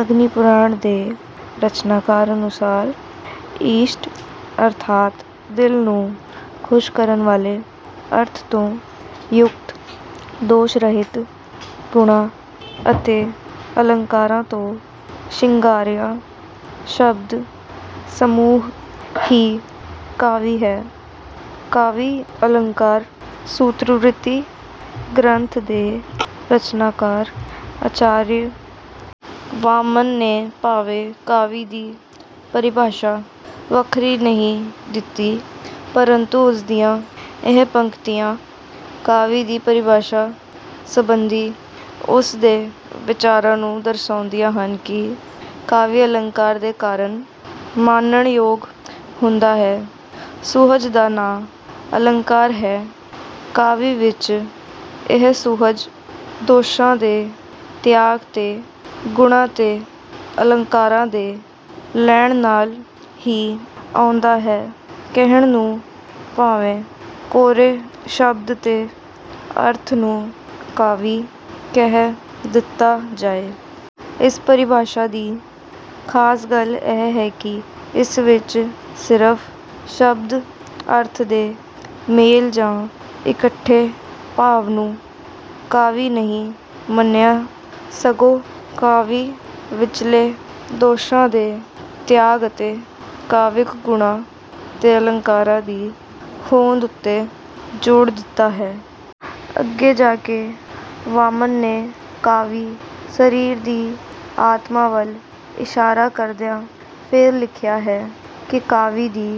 ਅਗਨੀਪੁਰਾਣ ਦੇ ਰਚਨਾਕਾਰ ਅਨੁਸਾਰ ਇਸ਼ਟ ਅਰਥਾਤ ਦਿਲ ਨੂੰ ਖੁਸ਼ ਕਰਨ ਵਾਲੇ ਅਰਥ ਤੋਂ ਯੁਕਤ ਦੋਸ਼ ਰਹਿਤ ਗੁਣਾਂ ਅਤੇ ਅਲੰਕਾਰਾਂ ਤੋਂ ਸ਼ਿੰਗਾਰਿਆ ਸ਼ਬਦ ਸਮੂਹ ਹੀ ਕਾਵਿ ਹੈ। ਕਾਵਿ ਅਲੰਕਾਰ ਸੂਤਰਵ੍ਰਿਤੀ ਗ੍ਰੰਥ ਦੇ ਰਚਨਾਕਾਰ ਆਚਾਰੀਆ ਵਾਮਨ ਨੇ ਭਾਵੇਂ ਕਾਵਿ ਦੀ ਪਰਿਭਾਸ਼ਾ ਵੱਖਰੀ ਨਹੀਂ ਦਿੱਤੀ ਪਰੰਤੂ ਉਸਦੀਆਂ ਇਹ ਪੰਕਤੀਆਂ ਕਾਵਿ ਦੀ ਪਰਿਭਾਸ਼ਾ ਸਬੰਧੀ ਉਸ ਦੇ ਵਿਚਾਰਾਂ ਨੂੰ ਦਰਸਾਉਂਦੀਆਂ ਹਨ ਕਿ ਕਾਵਿ ਅਲੰਕਾਰ ਦੇ ਕਾਰਨ ਮਾਨਣ ਯੋਗ ਹੁੰਦਾ ਹੈ ਸੁਹਜ ਦਾ ਨਾਂ ਅਲੰਕਾਰ ਹੈ ਕਾਵਿ ਵਿੱਚ ਇਹ ਸੁਹਜ ਦੋਸ਼ਾਂ ਦੇ ਤਿਆਗ ਤੇ ਗੁਣਾਂ ਤੇ ਅਲੰਕਾਰਾਂ ਦੇ ਲੈਣ ਨਾਲ ਹੀ ਆਉਂਦਾ ਹੈ ਕਹਿਣ ਨੂੰ ਭਾਵੇਂ ਕੋਰੇ ਸ਼ਬਦ ਤੇ ਅਰਥ ਨੂੰ ਕਾਵਿ ਕਹਿ ਦਿੱਤਾ ਜਾਏ। ਇਸ ਪਰਿਭਾਸ਼ਾ ਦੀ ਖਾਸ ਗੱਲ ਇਹ ਹੈ ਕਿ ਇਸ ਵਿੱਚ ਸਿਰਫ ਸ਼ਬਦ ਅਰਥ ਦੇ ਮੇਲ ਜਾਂ ਇਕੱਠੇ ਭਾਵ ਨੂੰ ਕਾਵਿ ਨਹੀਂ ਮੰਨਿਆ ਸਗੋਂ ਕਾਵਿ ਵਿੱਚਲੇ ਦੋਸ਼ਾਂ ਦੇ ਤਿਆਗ ਅਤੇ ਕਾਵਿਕ ਗੁਣਾਂ ਤੇ ਅਲੰਕਾਰਾਂ ਦੀ ਹੋਂਦ ਉੱਤੇ ਜ਼ੋਰ ਦਿੱਤਾ ਹੈ। ਅੱਗੇ ਜਾ ਕੇ ਵਾਮਨ ਨੇ ਕਾਵਿ ਸਰੀਰ ਦੀ ਆਤਮਾ ਵੱਲ ਇਸ਼ਾਰਾ ਕਰਦਿਆਂ ਫੇਰ ਲਿਖਿਆ ਹੈ ਕਿ ਕਾਵਿ ਦੀ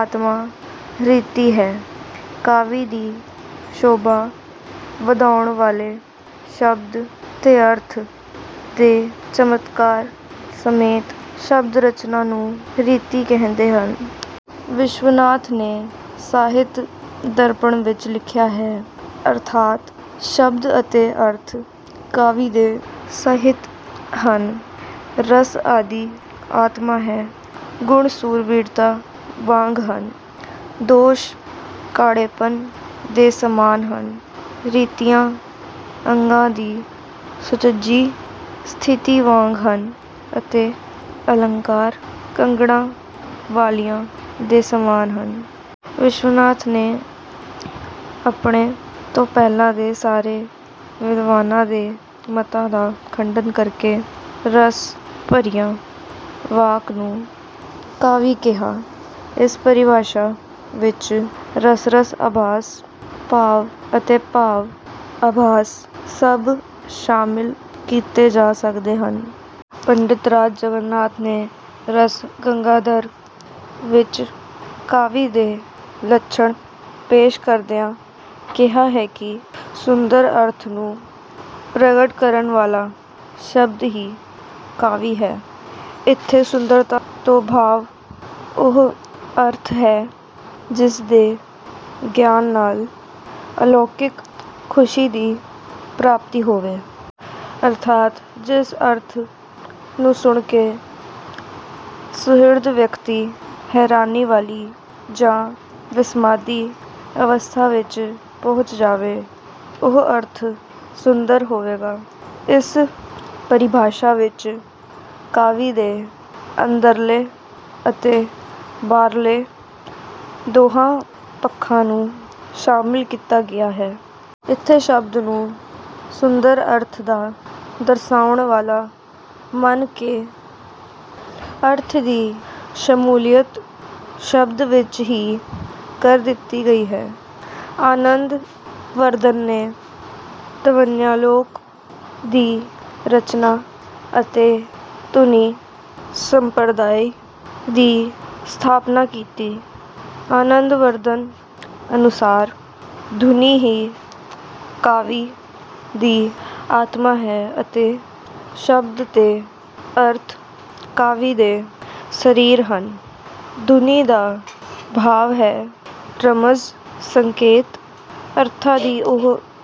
ਆਤਮਾ ਰੀਤੀ ਹੈ। ਕਾਵਿ ਦੀ ਸ਼ੋਭਾ ਵਧਾਉਣ ਵਾਲੇ ਸ਼ਬਦ ਤੇ ਅਰਥ ਦੇ ਚਮਤਕਾਰ ਸਮੇਤ ਸ਼ਬਦ ਰਚਨਾ ਨੂੰ ਰੀਤੀ ਕਹਿੰਦੇ ਹਨ। ਵਿਸ਼ਵਨਾਥ ਨੇ ਸਾਹਿਤ ਦਰਪਣ ਵਿੱਚ ਲਿਖਿਆ ਹੈ ਅਰਥਾਤ ਸ਼ਬਦ ਅਤੇ ਅਰਥ ਕਾਵਿ ਦੇ ਸਰੀਰ ਹਨ ਰਸ ਆਦਿ ਆਤਮਾ ਹੈ ਗੁਣ ਸੂਰਬੀਰਤਾ ਵਾਂਗ ਹਨ ਦੋਸ਼ ਕਾਣੇਪਨ ਦੇ ਸਮਾਨ ਹਨ ਰੀਤੀਆਂ ਅੰਗਾਂ ਦੀ ਸੁਚੱਜੀ ਸਥਿਤੀ ਵਾਂਗ ਹਨ ਅਤੇ ਅਲੰਕਾਰ ਕੰਗਣਾਂ ਵਾਲੀਆਂ ਦੇ ਸਮਾਨ ਹਨ। ਵਿਸ਼ਵਨਾਥ ਨੇ ਆਪਣੇ ਤੋਂ ਪਹਿਲਾਂ ਦੇ ਸਾਰੇ ਵਿਦਵਾਨਾਂ ਦੇ ਮੱਤਾਂ ਦਾ ਖੰਡਨ ਕਰਕੇ ਰਸ ਭਰਿਆ ਵਾਕ ਨੂੰ ਕਾਵਿ ਕਿਹਾ ਇਸ ਪਰਿਭਾਸ਼ਾ ਵਿੱਚ ਰਸ ਰਸ ਆਭਾਸ ਭਾਵ ਅਤੇ ਭਾਵ ਆਭਾਸ ਸਭ ਸ਼ਾਮਿਲ ਕੀਤੇ ਜਾ ਸਕਦੇ ਹਨ। ਪੰਡਿਤਰਾਜ ਜਗਨਾਥ ਨੇ ਰਸ ਗੰਗਾਧਰ ਵਿੱਚ ਕਾਵਿ ਦੇ ਲੱਛਣ ਪੇਸ਼ ਕਰਦਿਆਂ ਕਿਹਾ ਹੈ ਕਿ ਸੁੰਦਰ ਅਰਥ ਨੂੰ ਪ੍ਰਗਟ ਕਰਨ ਵਾਲਾ ਸ਼ਬਦ ਹੀ ਕਾਵਿ ਹੈ। ਇਥੇ ਸੁੰਦਰਤਾ ਤੋਂ ਭਾਵ ਉਹ ਅਰਥ ਹੈ ਜਿਸ ਦੇ ਗਿਆਨ ਨਾਲ ਅਲੌਕਿਕ ਖੁਸ਼ੀ ਦੀ ਪ੍ਰਾਪਤੀ ਹੋਵੇ। ਅਰਥਾਤ ਜਿਸ ਅਰਥ ਨੂੰ ਸੁਣ ਕੇ ਸੁਹਿਰਦ ਵਿਅਕਤੀ ਹੈਰਾਨੀ ਵਾਲੀ ਜਾਂ ਵਿਸਮਾਦੀ ਅਵਸਥਾ ਵਿੱਚ ਪਹੁੰਚ ਜਾਵੇ ਉਹ ਅਰਥ ਸੁੰਦਰ ਹੋਵੇਗਾ। ਇਸ ਪਰਿਭਾਸ਼ਾ ਵਿੱਚ ਕਾਵਿ ਦੇ ਅੰਦਰਲੇ ਅਤੇ ਬਾਹਰਲੇ ਦੋਹਾਂ ਪੱਖਾਂ ਨੂੰ ਸ਼ਾਮਿਲ ਕੀਤਾ ਗਿਆ ਹੈ। ਇਥੇ ਸ਼ਬਦ ਨੂੰ ਸੁੰਦਰ ਅਰਥ ਦਾ ਦਰਸਾਉਣ ਵਾਲਾ ਮੰਨ ਕੇ ਅਰਥ ਦੀ ਸ਼ਮੂਲੀਅਤ ਸ਼ਬਦ ਵਿੱਚ ਹੀ ਕਰ ਦਿੱਤੀ ਗਈ ਹੈ। ਆਨੰਦ ਵਰਧਨ ਨੇ ਧਵਨਯਾਲੋਕ ਦੀ ਰਚਨਾ ਅਤੇ ਧੁਨੀ ਸੰਪਰਦਾਇ ਦੀ ਸਥਾਪਨਾ ਕੀਤੀ। ਆਨੰਦ ਵਰਧਨ ਅਨੁਸਾਰ ਧੁਨੀ ਹੀ ਕਾਵਿ ਦੀ ਆਤਮਾ ਹੈ ਅਤੇ ਸ਼ਬਦ ਤੇ ਅਰਥ ਕਾਵਿ ਦੇ ਸਰੀਰ ਹਨ। ਧੁਨੀ ਦਾ ਭਾਵ ਹੈ ਰਮਜ਼ ਸੰਕੇਤ ਅਰਥਾਂ ਦੀ ਉਹ